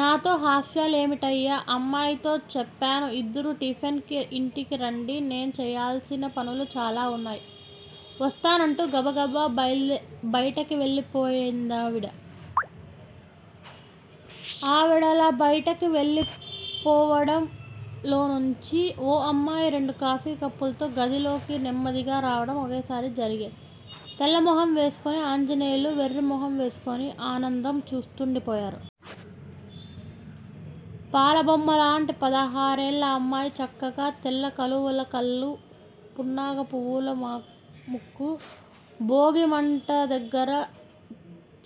నాతో హాస్యాలేమిటయ్యా అమ్మాయితో చెప్పాను ఇద్దరూ టిఫిన్ కి ఇంటికి రండి నేను చెయ్యాల్సిన పనులు చాలా వున్నాయి. వస్తాను అంటూ గబగబా బయటికెళ్ళిపోయిందావిడ. ఆవిడలా బయటికెళ్ళిపోవడం, లోనుంచి ఓ అమ్మాయి రెండు కాఫీ కప్పులతో గదిలోకి నెమ్మదిగా రావడం ఒకేసారి జరిగింది. తెల్లమొహం వేసుకుని ఆంజనేయులు, వెర్రిమొహం వేసుకుని ఆనందం చూస్తుండిపోయారు. పాల బొమ్మలాంటి పదహారేళ్ళ అమ్మాయి చక్కగా, తెల్ల కలువల్లా కళ్ళు పున్నాగ పువ్వులా ముక్కు భోగీ మంట దగ్గర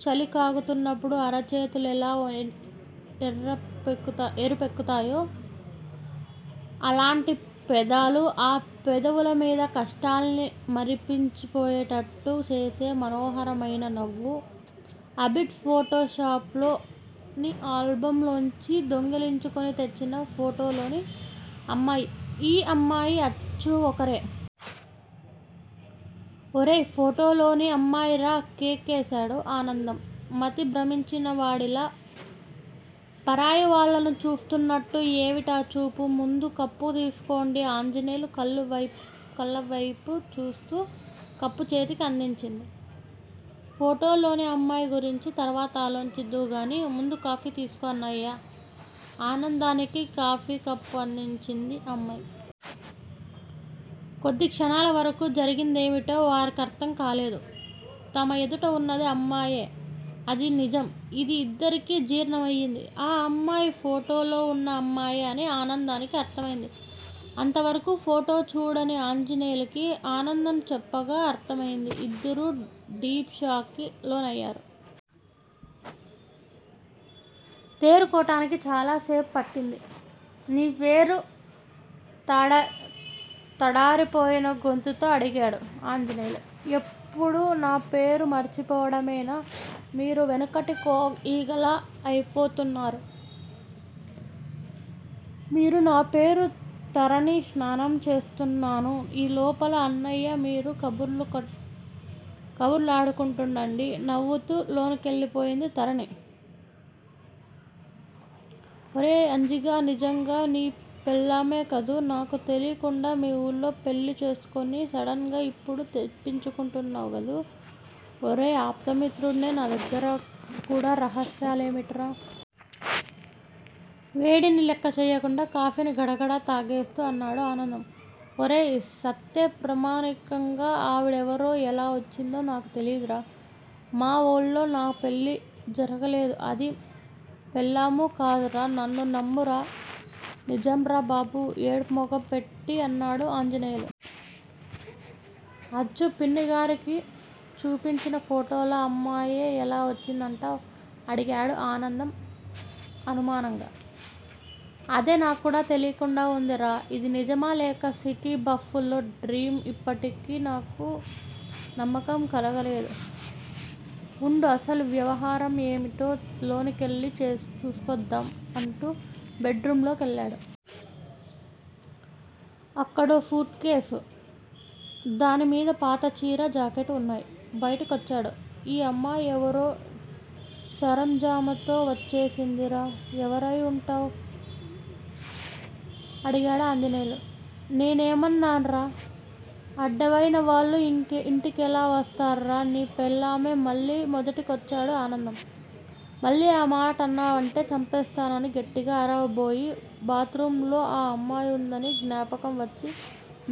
చలికాగుతున్నపుడు అరచేతులెలా ఎరుపెక్కుతాయో అలాంటి పెదాలు ఆ పెదవుల మీద కష్టాల్ని మరిచిపోయేటట్టు చేసే మనోహరమైన నవ్వు. అబిడ్స్ ఫోటో షాపులోని ఆల్బమ్ లోంచి దొంగిలించుకుని తెచ్చిన ఫోటోలోని అమ్మాయి, ఈ అమ్మాయీ అచ్చు ఒక్కరే!! ఒరేయ్ ఫోటోలోని అమ్మాయిరా కేకేశాడు ఆనందం మతి భ్రమించినవాడిలా. పరాయి వాళ్ళను చూస్తున్నట్టు ఏవిటా చూపు ముందు కప్పు తీసుకోండి ఆంజనేయులు కళ్ళవైపు చూస్తూ కప్పు చేతికి అందించింది. ఫోటోలోని అమ్మాయి గురించి తర్వాత ఆలోచిద్దువుగాని, ముందు కాఫీ తీసుకో అన్నయ్యా ఆనందానికి కాఫీకప్పు అందించింది అమ్మాయి. కొద్ది క్షణాలవరకూ జరిగిందేమిటో వారికర్ధం కాలేదు. తమ ఎదుట ఉన్నది అమ్మాయే అది నిజం ఇది ఇద్దరికీ జీర్ణమయింది. ఆ అమ్మాయి ఫోటోలో వున్న అమ్మాయే అని ఆనందానికి అర్ధమైంది. అంతవరకూ ఫోటో చూడని ఆంజనేయులికి ఆనందం చెప్పగా అర్ధమయింది. ఇద్దరూ డీప్ షాక్ కి లోనయ్యారు. తేరుకోటానికి చాలాసేపు పట్టింది. నీ పేరు తడా తడారిపోయిన గొంతుతో అడిగాడు ఆంజనేయులు. ఎప్పుడూ నా పేరు మర్చిపోవడమేనా? మీరు వెనకటికో ఈగలా అయిపోతున్నారు మీరు నా పేరు తరణి స్నానం చేస్తున్నాను ఈ లోపల అన్నయ్యా మీరు కబుర్లు కబుర్లాడుకుంటుండండి నవ్వుతూ లోనకెళ్ళిపోయింది తరణి. ఒరేయ్ అంజిగా నిజంగా నీ పెళ్ళామే కదూ నాకు తెలీకుండా మీ ఊళ్ళో పెళ్ళి చేసేసుకుని సడన్ గా ఇప్పుడు తెప్పించుకుంటున్నావ్ గదూ ఒరేయ్ ఆప్తమిత్రుడ్నే నా దగ్గర కూడా రహస్యాలేవిటిరా? వేడిని లెక్కచెయ్యకుండా కాఫీని గడగడా తాగేస్తూ అన్నాడు ఆనందం. ఒరేయ్ సత్తె ప్రమాణికంగా ఆవిడెవరో, ఎలా వచ్చిందో నాకూ తెలీదురా మా వూళ్ళో నా పెళ్ళీ జరగలేదు అది పెళ్ళామూ కాదురా నన్ను నమ్మురా నిజం రా బాబూ ఏడుపు ముఖం పెట్టి అన్నాడు ఆంజనేయులు. అచ్చు పిన్నిగారికి చూపించిన ఫోటోలో అమ్మాయే ఎలా వచ్చిందంటావ్? అడిగాడు ఆనందం అనుమానంగా. అదే నాకూ తెలీకుండా వుందిరా ఇది నిజమా లేక సిటీ బఫ్లో డ్రీమ్ ఇప్పటికీ నాకు నమ్మకం కలగలేదు వుండు అసలు వ్యవహారం ఏమిటో లోనికెళ్ళి చూసొద్దాం అంటూ బెడ్ రూంలో కెళ్ళాడు. అక్కడో సూట్ కేసు, దానిమీద పాత చీర, జాకెట్టు వున్నాయి. బయటికొచ్చాడు. ఈ అమ్మాయెవరో సరంజామాతో వచ్చేసిందిరా ఎవరై ఉంటావ్? అడిగాడు ఆంజనేయులు. నేన్నమ్మన్రా అడ్డవైన వాళ్ళూ ఇంటికెలా వస్తార్రా నీ పెళ్ళామే మళ్ళీ మొదటికొచ్చాడు ఆనందం. మళ్ళీ ఆ మాటన్నావంటే చంపేస్తాను అని గట్టిగా అరవబోయి బాత్ రూమ్ లో ఆ అమ్మాయి ఉందని జ్ఞాపకం వచ్చి,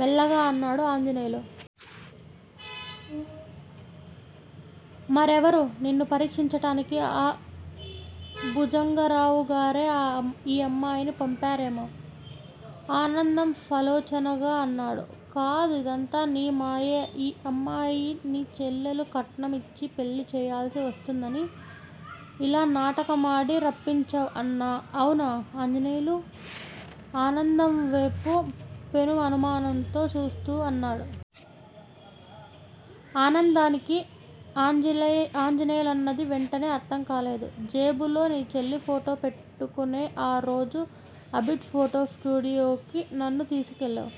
మెల్లగా అన్నాడు ఆంజనేయులు. మరెవరు? నిన్ను పరీక్షించటానికి ఆ భుజంగరావు గారే ఈ అమ్మాయిని పంపారేమో?! ఆనందం సాలోచనగా అన్నాడు. కాదు ఇదంతా నీ మాయే ఈ అమ్మాయి నీ చెల్లెలు కట్నం ఇచ్చి పెళ్ళి చెయ్యాల్సి వస్తుందని ఇలా నాటకమాడి రప్పించావ్. అవునా? ఆంజనేయులు ఆనందంవేపు పెను అనుమానంతో చూస్తూ అన్నాడు. ఆనందంకి ఆంజనేయులన్నది వెంటనే అర్ధంకాలేదు. జేబులో నీ చెల్లి ఫోటో పెట్టుకొనే ఆ రోజు అబిడ్స్ ఫోటో స్టూడియోకి నన్ను తీసుకెళ్ళావ్.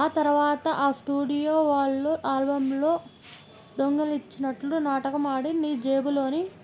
ఆ తరువాత ఆ స్టూడియో వాళ్ళు ఆల్బమ్ లో దొంగిలించినట్లు నాటకం ఆడి, నీ జేబులోని